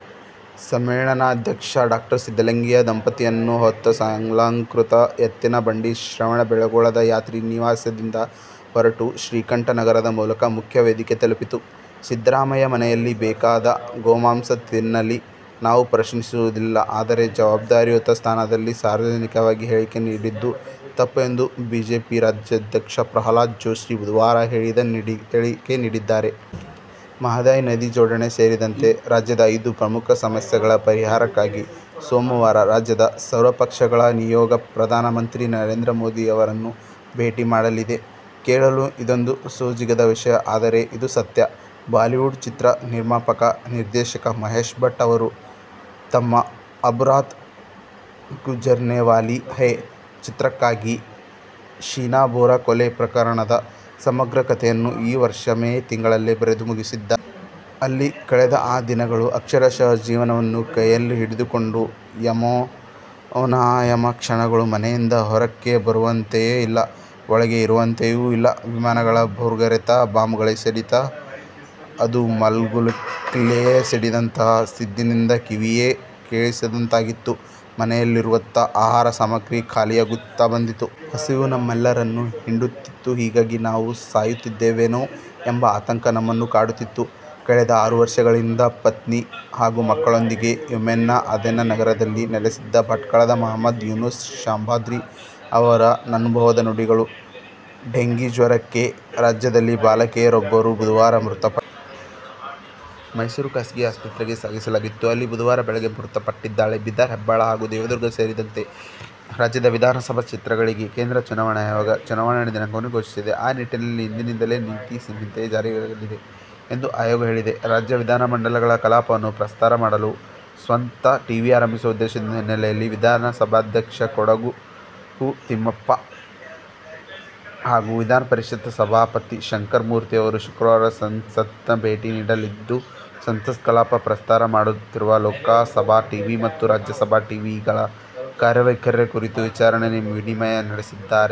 ಸಮ್ಮೇಳನಾಧ್ಯಕ್ಷ ಡಾ ಸಿದ್ಧಲಿಂಗಯ್ಯ ದಂಪತಿಯನ್ನು ಹೊತ್ತ ಸಾಲಂಕೃತ ಎತ್ತಿನ ಬಂಡಿ ಶ್ರವಣಬೆಳಗೊಳದ ಯಾತ್ರಿ ನಿವಾಸದಿಂದ ಹೊರಟು ಶ್ರೀಕಂಠ ನಗರದ ಮೂಲಕ ಮುಖ್ಯ ವೇದಿಕೆ ತಲುಪಿತು. ಸಿದ್ಧರಾಮಯ್ಯ ಮನೆಯಲ್ಲಿ ಬೇಕಾದರೆ ಗೋಮಾಂಸ ತಿನ್ನಲಿ ನಾವು ಪ್ರಶ್ನಿಸುವುದಿಲ್ಲಆದರೆ ಜವಾಬ್ದಾರಿಯುತ ಸ್ಥಾನದಲ್ಲಿದ್ದು ಸಾರ್ವಜನಿಕವಾಗಿ ಹೇಳಿಕೆ ನೀಡಿದ್ದು ತಪ್ಪು ಎಂದು ಬಿಜೆಪಿ ರಾಜ್ಯಾಧ್ಯಕ್ಷ ಪ್ರಹ್ಲಾದ್ ಜೋಷಿ ಬುಧವಾರ ಹೇಳಿಕೆ ನೀಡಿದ್ದಾರೆ. ಮಹದಾಯಿ ನದಿ ಜೋಡಣೆ ಸೇರಿದಂತೆ ರಾಜ್ಯದ ಐದು ಪ್ರಮುಖ ಸಮಸ್ಯೆಗಳ ಪರಿಹಾರಕ್ಕಾಗಿ ಸೋಮವಾರ ರಾಜ್ಯದ ಸರ್ವಪಕ್ಷಗಳ ನಿಯೋಗ ಪ್ರಧಾನಮಂತ್ರಿ ನರೇಂದ್ರ ಮೋದಿ ಅವರನ್ನು ಭೇಟಿ ಮಾಡಲಿದೆ. ಕೇಳಲು ಇದೊಂದು ಸೋಜಿಗದ ವಿಷಯ ಆದರೆ ಇದು ಸತ್ಯ ಬಾಲಿವುಡ್ ಚಿತ್ರ ನಿರ್ಮಾಪಕ, ನಿರ್ದೇಶಕ ಮಹೇಶ್ ಭಟ್ ಅವರು ತಮ್ಮ "ಅಬ್ ರಾತ್ ಗುಜರ್ನೆವಾಲೀ ಹೈ' ಚಿತ್ರಕ್ಕಾಗಿ ಶೀನಾ ಬೋರಾ ಕೊಲೆ ಪ್ರಕರಣದ ಸಮಗ್ರ ಕಥೆಯನ್ನು ಈ ವರ್ಷ ಮೇ ತಿಂಗಳಲ್ಲೇ ಬರೆದು ಮುಗಿಸಿದ್ದಾರಂತೆ! "ಅಲ್ಲಿ ಕಳೆದ ಆ ದಿನಗಳು ಅಕ್ಷರಶಃ ಜೀವವನ್ನು ಕೈಯಲ್ಲಿ ಹಿಡಿದು ಕೊಂಡ ಯಾತನಾಮಯ ಕ್ಷಣಗಳು. ಮನೆಯಿಂದ ಹೊರಕ್ಕೆ ಬರುವಂತೆಯೂ ಇಲ್ಲ, ಒಳಗೆ ಇರುವಂತೆಯೂ ಇಲ್ಲ. ವಿಮಾನಗಳ ಭೋರ್ಗರೆತ, ಬಾಂಬ್ಗಳ ಸಿಡಿತ, ಅದೂ ಮಗ್ಗುಲಲ್ಲಿಯೇ ಸಿಡಿದಂತಹ ಸದ್ದಿನಿಂದ ಕಿವಿಯೇ ಕೇಳಿಸದಂತಾಗಿತ್ತು. ಮನೆಯಲ್ಲಿರುವ ಆಹಾರ ಸಾಮಗ್ರಿ ಖಾಲಿಯಾಗುತ್ತಾ ಬಂದಿತ್ತು. ಹಸಿವು ನಮ್ಮೆಲ್ಲರನ್ನು ಹಿಂಡುತ್ತಿತ್ತು. ಹಾಗಾಗಿ, ನಾವು ಸಾಯುತ್ತಿದ್ದೇವೇನೋ ಎಂಬ ಆತಂಕ ನಮ್ಮನ್ನು ಕಾಡುತ್ತಿತ್ತು'. ಕಳೆದ ಆರು ವರ್ಷಗಳಿಂದ ಪತ್ನಿ ಹಾಗೂ ಮಕ್ಕಳೊಂದಿಗೆ ಯೆಮೆನ್ನ ಆದೆನ್ ನಗರದಲ್ಲಿ ನೆಲೆಸಿದ್ದ ಭಟ್ಕಳದ ಮಹಮ್ಮದ್ ಯೂನೂಸ್ ಶಾಬಂದ್ರಿ ಅವರ ಅನುಭವದ ನುಡಿಗಳು. ಡೆಂಘೀ ಜ್ವರಕ್ಕೆ ರಾಜ್ಯದಲ್ಲಿ ಬಾಲಕಿಯರಿಬ್ಬರು ಬುಧವಾರ ಮೃತಪಟ್ಟಿದ್ದಾರೆ. ಮೈಸೂರಿನ ಖಾಸಗಿ ಆಸ್ಪತ್ರೆಗೆ ಸಾಗಿಸಲಾಗಿತ್ತು. ಅಲ್ಲಿ ಬುಧವಾರ ಬೆಳಗ್ಗೆ ಮೃತಪಟ್ಟಿದ್ದಾಳೆ. ಬೀದರ್, ಹೆಬ್ಬಾಳ ಹಾಗೂ ದೇವದುರ್ಗ ಸೇರಿದಂತೆ ರಾಜ್ಯದ ವಿಧಾನಸಭಾ ಕ್ಷೇತ್ರಗಳಿಗೆ ಕೇಂದ್ರ ಚುನಾವಣಾ ಆಯೋಗ ಚುನಾವಣಾ ದಿನಾಂಕವನ್ನು ಘೋಷಿಸಿದೆ. ಆ ನಿಟ್ಟಿನಲ್ಲಿ ಇಂದಿನಿಂದಲೇ ನೀತಿ ಸಂಹಿತೆ ಜಾರಿಯಾಗಲಿದೆ ಎಂದು ಆಯೋಗ ಹೇಳಿದೆ. ರಾಜ್ಯ ವಿಧಾನಮಂಡಲಗಳ ಕಲಾಪವನ್ನು ಪ್ರಸಾರ ಮಾಡಲು ಸ್ವಂತ ಟಿವಿ ಆರಂಭಿಸುವ ಉದ್ದೇಶದ ಹಿನ್ನೆಲೆಯಲ್ಲಿ ವಿಧಾನಸಭಾಧ್ಯಕ್ಷ ಕಾಗೋಡು ತಿಮ್ಮಪ್ಪ ಹಾಗೂ ವಿಧಾನಪರಿಷತ್ ಸಭಾಪತಿ ಶಂಕರಮೂರ್ತಿ ಅವರು ಶುಕ್ರವಾರ ಸಂಸತ್ಗೆ ಭೇಟಿ ನೀಡಲಿದ್ದು, ಸಂಸತ್ ಕಲಾಪ ಪ್ರಸಾರ ಮಾಡುತ್ತಿರುವ ಲೋಕಸಭಾ ಟಿವಿ ಮತ್ತು ರಾಜ್ಯಸಭಾ ಟಿವಿಗಳ ಕಾರ್ಯವೈಖರಿ ಕುರಿತು ವಿಚಾರ ವಿನಿಮಯ ನಡೆಸಲಿದ್ದಾರೆ.